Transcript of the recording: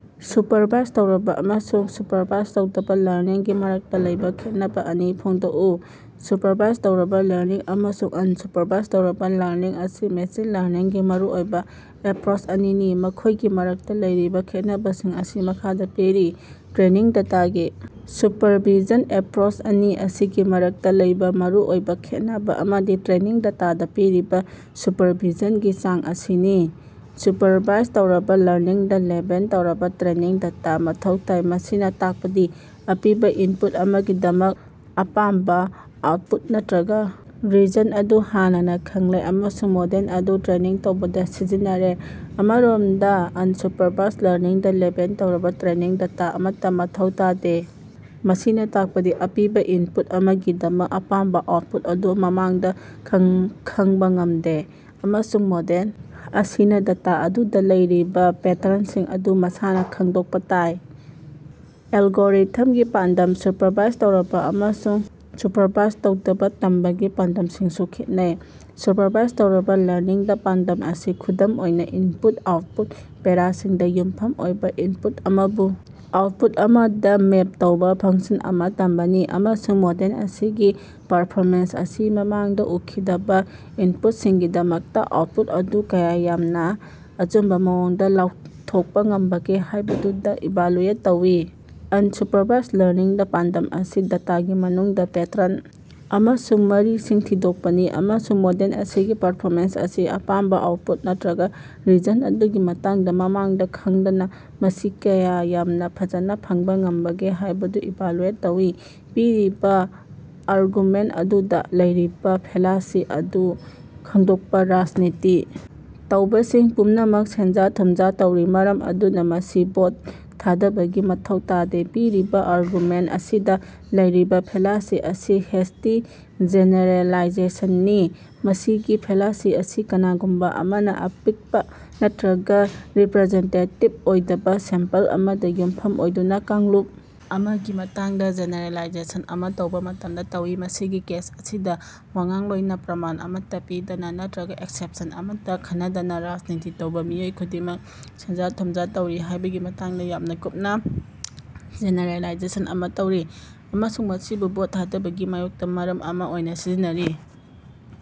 Supervise ꯇꯧꯔꯕ ꯑꯃꯁꯨꯡ supervise ꯇꯧꯗꯕ ꯂꯔꯅꯤꯡꯒꯤ ꯃꯔꯛꯇ ꯂꯩꯕ ꯈꯦꯠꯅꯕ ꯑꯅꯤ ꯐꯣꯡꯗꯣꯛꯎ꯫ ꯁꯨꯄꯔꯚꯥꯏꯖ ꯇꯧꯔꯕ ꯂꯔꯅꯤꯡ ꯑꯃꯁꯨꯡ ꯑꯟꯁꯨꯄꯔꯚꯥꯏꯖ ꯇꯧꯔꯕ ꯂꯔꯅꯤꯡ ꯑꯁꯤ ꯃꯦꯁꯤꯟ ꯂꯔꯅꯤꯡꯒꯤ ꯃꯔꯨꯑꯣꯏꯕ ꯑꯦꯞꯔꯣꯆ ꯑꯅꯤꯅꯤ꯫ ꯃꯈꯣꯏꯒꯤ ꯃꯔꯛꯇ ꯂꯩꯔꯤꯕ ꯈꯦꯠꯅꯕꯁꯤꯡ ꯑꯁꯤ ꯃꯈꯥꯗ ꯄꯤꯔꯤ- ꯇ꯭ꯔꯦꯅꯤꯡ ꯗꯦꯇꯥꯒꯤ ꯁꯨꯄꯔꯚꯤꯖꯟ - ꯑꯦꯞꯔꯣꯆ ꯑꯅꯤ ꯑꯁꯤꯒꯤ ꯃꯔꯛꯇ ꯂꯩꯕ ꯃꯔꯨꯑꯣꯏꯕ ꯈꯦꯠꯅꯕ ꯑꯃꯗꯤ ꯇ꯭ꯔꯦꯅꯤꯡ ꯗꯦꯇꯥꯗ ꯄꯤꯔꯤꯕ ꯁꯨꯄꯔꯚꯤꯖꯟꯒꯤ ꯆꯥꯡ ꯑꯁꯤꯅꯤ꯫ ꯁꯨꯄꯔꯚꯥꯏꯖ ꯇꯧꯔꯕ ꯂꯔꯅꯤꯡꯗ ꯂꯦꯕꯦꯜ ꯇꯧꯔꯕ ꯇ꯭ꯔꯦꯅꯤꯡ ꯗꯦꯇꯥ ꯃꯊꯧ ꯇꯥꯏ, ꯃꯁꯤꯅ ꯇꯥꯛꯄꯗꯤ ꯑꯄꯤꯕ ꯏꯟꯄꯨꯠ ꯑꯃꯒꯤꯗꯃꯛ ꯑꯄꯥꯝꯕ ꯑꯥꯎꯠꯄꯨꯠ ꯅꯠꯇꯔꯒ ꯔꯤꯖꯜꯇ ꯑꯗꯨ ꯍꯥꯟꯅꯅ ꯈꯪꯂꯦ ꯑꯃꯁꯨꯡ ꯃꯣꯗꯦꯜ ꯑꯗꯨ ꯇ꯭ꯔꯦꯅꯤꯡ ꯇꯧꯕꯗ ꯁꯤꯖꯤꯟꯅꯔꯦ꯫ ꯑꯃꯔꯣꯝꯗ, ꯑꯟꯁꯨꯄꯔꯚꯥꯏꯖ ꯂꯔꯅꯤꯡꯗ ꯂꯦꯕꯦꯜ ꯇꯧꯔꯕ ꯇ꯭ꯔꯦꯅꯤꯡ ꯗꯦꯇꯥ ꯑꯃꯠꯇ ꯃꯊꯧ ꯇꯥꯗꯦ, ꯃꯁꯤꯅ ꯇꯥꯛꯄꯗꯤ ꯑꯄꯤꯕ‌ ꯏꯟꯄꯨꯠ ꯑꯃꯒꯤꯗꯃꯛ ꯑꯄꯥꯝꯕ ꯑꯥꯎꯠꯄꯨꯠ ꯑꯗꯨ ꯃꯃꯥꯡꯗ ꯈꯪꯕ ꯉꯝꯗꯦ, ꯑꯃꯁꯨꯡ ꯃꯣꯗꯦꯜ ꯑꯁꯤꯅ ꯗꯦꯇꯥ ꯑꯗꯨꯗ ꯂꯩꯔꯤꯕ ꯄꯦꯇ꯭ꯔꯟꯁꯤꯡ ꯑꯗꯨ ꯃꯁꯥꯅ ꯈꯪꯗꯣꯛꯄ ꯇꯥꯏ꯫ ꯑꯦꯜꯒꯣꯔꯤꯊꯝꯒꯤ ꯄꯥꯟꯗꯝ - ꯁꯨꯄꯔꯚꯥꯏꯖ ꯇꯧꯔꯕ ꯑꯃꯁꯨꯡ ꯁꯨꯄꯔꯚꯥꯏꯖ ꯇꯧꯗꯕ ꯇꯝꯕꯒꯤ ꯄꯥꯟꯗꯝꯁꯤꯡꯁꯨ ꯈꯦꯠꯅꯩ꯫ ꯁꯨꯄꯔꯚꯥꯏꯖ ꯇꯧꯔꯕ ꯂꯔꯅꯤꯡꯗ, ꯄꯥꯟꯗꯝ ꯑꯁꯤ ꯈꯨꯗꯝ ꯑꯣꯏꯅ ꯏꯟꯄꯨꯠ-ꯑꯥꯎꯠꯄꯨꯠ ꯄꯦꯔꯥꯁꯤꯡꯗ ꯌꯨꯝꯐꯝ ꯑꯣꯏꯕ ꯏꯟꯄꯨꯠ ꯑꯃꯕꯨ ꯑꯥꯎꯠꯄꯨꯠ ꯑꯃꯗ ꯃꯦꯞ ꯇꯧꯕ ꯐꯪꯁꯟ ꯑꯃ ꯇꯝꯕꯅꯤ, ꯑꯃꯁꯨꯡ ꯃꯣꯗꯦꯜ ꯑꯁꯤꯒꯤ ꯄꯔꯐꯣꯃꯦꯟꯁ ꯑꯁꯤ ꯃꯃꯥꯡꯗ ꯎꯈꯤꯗꯕ ꯏꯟꯄꯨꯠꯁꯤꯡꯒꯤꯗꯃꯛꯇ ꯑꯥꯎꯠꯄꯨꯠ ꯑꯗꯨ ꯀꯌꯥ ꯌꯥꯝꯅ ꯑꯆꯨꯝꯕ ꯃꯑꯣꯡꯗ ꯂꯥꯎꯊꯣꯛꯄ ꯉꯝꯕꯒꯦ ꯍꯥꯏꯕꯗꯨꯗ ꯏꯚꯥꯂꯨꯑꯦꯠ ꯇꯧꯏ꯫ ꯑꯟꯁꯨꯄꯔꯚꯥꯏꯖ ꯂꯔꯅꯤꯡꯗ, ꯄꯥꯟꯗꯝ ꯑꯁꯤ ꯗꯦꯇꯥꯒꯤ ꯃꯅꯨꯡꯗ ꯄꯦꯇ꯭ꯔꯟ ꯑꯃꯁꯨꯡ ꯃꯔꯤꯁꯤꯡ ꯊꯤꯗꯣꯛꯄꯅꯤ, ꯑꯃꯁꯨꯡ ꯃꯣꯗꯦꯜ ꯑꯁꯤꯒꯤ ꯄꯔꯐꯣꯃꯦꯟꯁ ꯑꯁꯤ ꯑꯄꯥꯝꯕ ꯑꯥꯎꯠꯄꯨꯠ ꯅꯠꯇꯔꯒ ꯔꯤꯖꯜꯇ ꯑꯗꯨꯒꯤ ꯃꯇꯥꯡꯗ ꯃꯃꯥꯡꯗ ꯈꯪꯗꯅ ꯃꯁꯤ ꯀꯌꯥ ꯌꯥꯝꯅ ꯐꯖꯅ ꯐꯪꯕ ꯉꯝꯕꯒꯦ ꯍꯥꯏꯕꯗꯨ ꯏꯚꯥꯂꯨꯑꯦꯠ ꯇꯧꯏ꯫ ꯄꯤꯔꯤꯕ ꯑꯥꯔꯒꯨꯃꯦꯟꯇ ꯑꯗꯨꯗ ꯂꯩꯔꯤꯕ ꯐꯦꯂꯥꯁꯤ ꯑꯗꯨ ꯈꯪꯗꯣꯛꯄ꯫ ꯔꯥꯖꯅꯤꯇꯤ ꯇꯧꯕꯁꯤꯡ ꯄꯨꯝꯅꯃꯛ ꯁꯦꯟꯖ-ꯊꯨꯝꯖ ꯇꯧꯔꯤ, ꯃꯔꯝ ꯑꯗꯨꯅ ꯃꯁꯤ ꯚꯣꯠ ꯊꯥꯗꯕꯒꯤ ꯃꯊꯧ ꯇꯥꯗꯦ꯫ ꯄꯤꯔꯤꯕ ꯑꯥꯔꯒꯨꯃꯦꯟꯇ ꯑꯁꯤꯗ ꯂꯩꯔꯤꯕ ꯐꯦꯂꯥꯁꯤ ꯑꯁꯤ ꯍꯦꯁꯇꯤ ꯖꯦꯅꯦꯔꯦꯂꯥꯏꯖꯦꯁꯟꯅꯤ꯫ ꯃꯁꯤꯒꯤ ꯐꯦꯂꯥꯁꯤ ꯑꯁꯤ ꯀꯅꯥꯒꯨꯝꯕ ꯑꯃꯅ ꯑꯄꯤꯛꯄ ꯅꯠꯇꯔꯒ ꯔꯤꯄꯔꯖꯦꯟꯇꯦꯇꯤꯕ ꯑꯣꯏꯗꯕ ꯁꯦꯝꯄꯜ ꯑꯃꯗ ꯌꯨꯝꯐꯝ ꯑꯣꯏꯗꯨꯅ ꯀꯥꯡꯂꯨꯞ ꯑꯃꯒꯤ ꯃꯇꯥꯡꯗ ꯖꯦꯅꯦꯔꯦꯂꯥꯏꯖꯦꯁꯟ ꯑꯃ ꯇꯧꯕ ꯃꯇꯝꯗ ꯇꯧꯏ꯫ ꯃꯁꯤꯒꯤ ꯀꯦꯁ ꯑꯁꯤꯗ ꯋꯥꯉꯥꯡꯂꯣꯏꯅ ꯄ꯭ꯔꯃꯥꯟ ꯑꯃꯠꯇ ꯄꯤꯗꯅ ꯅꯠꯇꯔꯒ ꯑꯦꯛꯁꯦꯞꯁꯟ ꯑꯃꯠꯇ ꯈꯟꯅꯗꯅ ꯔꯥꯖꯅꯤꯇꯤ ꯇꯧꯕ ꯃꯤꯑꯣꯏ ꯈꯨꯗꯤꯡꯃꯛ ꯁꯦꯟꯖ-ꯊꯨꯝꯖ ꯇꯧꯔꯤ ꯍꯥꯏꯕꯒꯤ ꯃꯇꯥꯡꯗ ꯌꯥꯝꯅ ꯀꯨꯞꯅ ꯖꯦꯅꯦꯔꯦꯂꯥꯏꯖꯦꯁꯟ ꯑꯃ ꯇꯧꯔꯤ, ꯑꯃꯁꯨꯡ ꯃꯁꯤꯕꯨ ꯚꯣꯠ ꯊꯥꯗꯕꯒꯤ ꯃꯥꯌꯣꯛꯇ ꯃꯔꯝ ꯑꯃ ꯑꯣꯏꯅ ꯁꯤꯖꯤꯟꯅꯔꯤ꯫